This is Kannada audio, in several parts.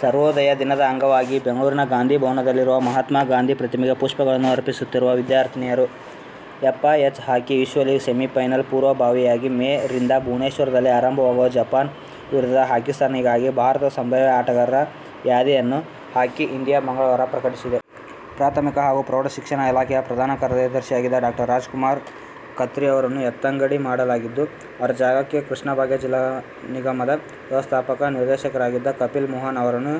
ಸರ್ವೋದಯ ದಿನದ ಅಂಗವಾಗಿ ಬೆಂಗಳೂರಿನ ಗಾಂಧಿ ಭವನದಲ್ಲಿರುವ ಮಹಾತ್ಮಾ ಗಾಂಧಿ ಪ್ರತಿಮೆಗೆ ಪುಷ್ಪಗಳನ್ನು ಅರ್ಪಿಸುತ್ತಿರುವ ವಿದ್ಯಾರ್ಥಿನಿಯರು. ಎಫ್ಐಎಚ್ ಹಾಕಿ ವಿಶ್ವ ಲೀಗ್ ಸೆಮಿಫೈನಲ್ ಪೂರ್ವಭಾವಿಯಾಗಿ ಮೇ ರಿಂದ ಭುವನೇಶ್ವರದಲ್ಲಿ ಆರಂಭವಾಗುವ ಜಪಾನ್ ವಿರುದ್ಧದ ಹಾಕಿ ಸರಣಿಗಾಗಿ ಭಾರತದ ಸಂಭಾವ್ಯ ಆಟಗಾರರ ಯಾದಿಯನ್ನು ಹಾಕಿ ಇಂಡಿಯಾ ಮಂಗಳವಾರ ಪ್ರಕಟಿಸಿದೆ. ಪ್ರಾಥಮಿಕ ಹಾಗೂ ಪ್ರೌಢಶಿಕ್ಷಣ ಇಲಾಖೆಯ ಪ್ರಧಾನ ಕಾರ್ಯದರ್ಶಿಯಾಗಿದ್ದ ಡಾ. ರಾಜಕುಮಾರ್ ಖತ್ರಿಯವರನ್ನು ಎತ್ತಂಗಡಿ ಮಾಡಲಾಗಿದ್ದು, ಅವರ ಜಾಗಕ್ಕೆ ಕೃಷ್ಣಭಾಗ್ಯಜಲ ನಿಗಮದ ವ್ಯವಸ್ಥಾಪಕ ನಿರ್ದೇಶಕರಾಗಿದ್ದ ಕಪಿಲ್ ಮೋಹನ್ ಅವರನ್ನು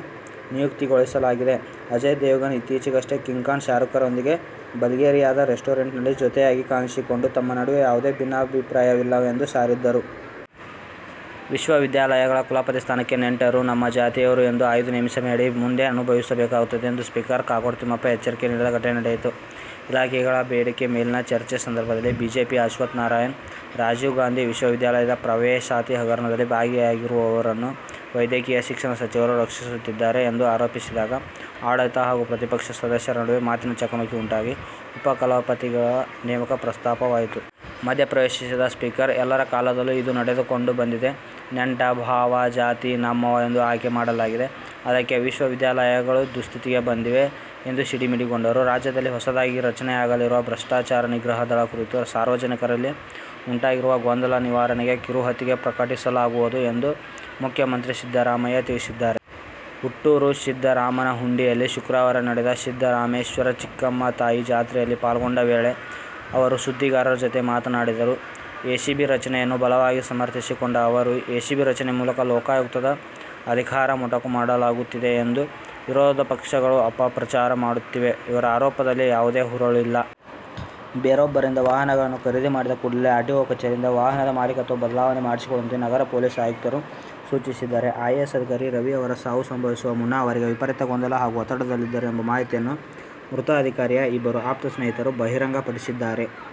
ನಿಯುಕ್ತಿಗೊಳಿಸಲಾಗಿದೆ. ಅಜಯ್ ದೇವಗನ್ ಇತ್ತೀಚೆಗಷ್ಟೇ ಕಿಂಗ್ ಖಾನ್ ಶಾರೂಕ್'ರೊಂದಿಗೆ ಬಲ್ಗೇರಿಯಾದ ರೆಸ್ಟೋರೆಂಟ್'ನಲ್ಲಿ ಜೊತೆಯಾಗಿ ಕಾಣಿಸಿಕೊಂಡು ತಮ್ಮ ನಡುವೆ ಯಾವುದೇ ಭಿನ್ನಾಬಿಪ್ರಾಯವಿಲ್ಲವೆಂದು ಸಾರಿದ್ದರು. ವಿಶ್ವವಿದ್ಯಾಲಯಗಳ ಕುಲಪತಿ ಸ್ಥಾನಕ್ಕೆ ನೆಂಟರು, ನಮ್ಮ ಜಾತಿಯವರು ಎಂದು ಆಯ್ದು ನೇಮಿಸಬೇಡಿ. ಮುಂದೆ ಅನುಭವಿಸಬೇಕಾಗುತ್ತದೆ ಎಂದು ಸ್ಪೀಕರ್ ಕಾಗೋಡು ತಿಮ್ಮಪ್ಪ ಎಚ್ಚರಿಕೆ ನೀಡಿದ ಘಟನೆ ನಡೆಯಿತು. ಇಲಾಖೆಗಳ ಬೇಡಿಕೆ ಮೇಲಿನ ಚರ್ಚೆ ಸಂದರ್ಭದಲ್ಲಿ ಬಿಜೆಪಿಯ ಅಶ್ವತ್ಥ್ನಾರಾಯಣ, ರಾಜೀವ್ಗಾಂಧಿ ವಿಶ್ವವಿದ್ಯಾಲಯದ ಪ್ರವೇಶಾತಿ ಹಗರಣದಲ್ಲಿ ಭಾಗಿಯಾಗಿರುವವರನ್ನು ವೈದ್ಯಕೀಯ ಶಿಕ್ಷಣ ಸಚಿವರು ರಕ್ಷಿಸುತ್ತಿದ್ದಾರೆ ಎಂದು ಆರೋಪಿಸಿದಾಗ ಆಡಳಿತ ಹಾಗೂ ಪ್ರತಿಪಕ್ಷ ಸದಸ್ಯರ ನಡುವೆ ಮಾತಿನ ಚಕಮಕಿ ಉಂಟಾಗಿ ಉಪ ಕುಲಪತಿಗಳ ನೇಮಕ ಪ್ರಸ್ತಾಪವಾಯಿತು. ಮಧ್ಯೆಪ್ರವೇಶಿದ ಸ್ಪೀಕರ್, ಎಲ್ಲರ ಕಾಲದಲ್ಲೂ ಇದು ನಡೆದುಕೊಂಡು ಬಂದಿದೆ. ನೆಂಟ, ಭಾವ, ಜಾತಿ, ನಮ್ಮವ ಎಂದು ಆಯ್ಕೆ ಮಾಡಲಾಗಿದೆ. ಅದಕ್ಕೆ ವಿಶ್ವವಿದ್ಯಾಲಯಗಳು ದುಸ್ಥಿತಿಗೆ ಬಂದಿವೆ ಎಂದು ಸಿಡಿಮಿಡಿಗೊಂಡರು. ರಾಜ್ಯದಲ್ಲಿ ಹೊಸದಾಗಿ ರಚನೆಯಾಗಲಿರುವ ಭ್ರಷ್ಟಾಚಾರ ನಿಗ್ರಹ ದಳ ಕುರಿತು ಸಾರ್ವಜನಿಕರಲ್ಲಿ ಉಂಟಾಗಿರುವ ಗೊಂದಲ ನಿವಾರಣೆಗಾಗಿ ಕಿರುಹೊತ್ತಿಗೆ ಪ್ರಕಟಿಸಲಾಗುವುದು ಎಂದು ಮುಖ್ಯಮಂತ್ರಿ ಸಿದ್ದರಾಮಯ್ಯ ತಿಳಿಸಿದ್ದಾರೆ. ಹುಟ್ಟೂರು ಸಿದ್ದರಾಮನಹುಂಡಿಯಲ್ಲಿ ಶುಕ್ರವಾರ ನಡೆದ ಸಿದ್ದರಾಮೇಶ್ವರ-ಚಿಕ್ಕಮ್ಮ ತಾಯಿ ಜಾತ್ರೆಯಲ್ಲಿ ಪಾಲ್ಗೊಂಡ ವೇಳೆ ಅವರು ಸುದ್ದಿಗಾರರ ಜತೆ ಮಾತನಾಡಿದರು. ಎಸಿಬಿ ರಚನೆಯನ್ನು ಬಲವಾಗಿ ಸಮರ್ಥಿಸಿಕೊಂಡ ಅವರು, ಎಸಿಬಿ ರಚನೆ ಮೂಲಕ ಲೋಕಾಯುಕ್ತದ ಅಧಿಕಾರ ಮೊಟಕು ಮಾಡಲಾಗುತ್ತಿದೆ ಎಂದು ವಿರೋಧ ಪಕ್ಷಗಳು ಅಪಪ್ರಚಾರ ಮಾಡುತ್ತಿವೆ. ಇವರ ಆರೋಪದಲ್ಲಿ ಯಾವುದೇ ಹುರುಳಿಲ್ಲ. ಬೇರೊಬ್ಬರಿಂದ ವಾಹನಗಳನ್ನು ಖರೀದಿ ಮಾಡಿದ ಕೂಡಲೇ ಆರ್ಟಿಒ ಕಚೇರಿಯಿಂದ ವಾಹನದ ಮಾಲಿಕತ್ವ ಬದಲಾವಣೆ ಮಾಡಿಸಿಕೊಳ್ಳುವಂತೆ ನಗರ ಪೊಲೀಸ್ ಆಯುಕ್ತರು ಸೂಚಿಸಿದ್ದಾರೆ. ಐಎಎಸ್ ಅಧಿಕಾರಿ ರವಿ ಅವರ ಸಾವು ಸಂಭವಿಸುವ ಮುನ್ನ ಅವರು ವಿಪರೀತ ಗೊಂದಲ ಹಾಗೂ ಒತ್ತಡದಲ್ಲಿದ್ದರು ಎಂಬ ಮಾಹಿತಿಯನ್ನು ಮೃತ ಅಧಿಕಾರಿಯ ಇಬ್ಬರು ಆಪ್ತ ಸ್ನೇಹಿತರು ಬಹಿರಂಗಪಡಿಸಿದ್ದಾರೆ.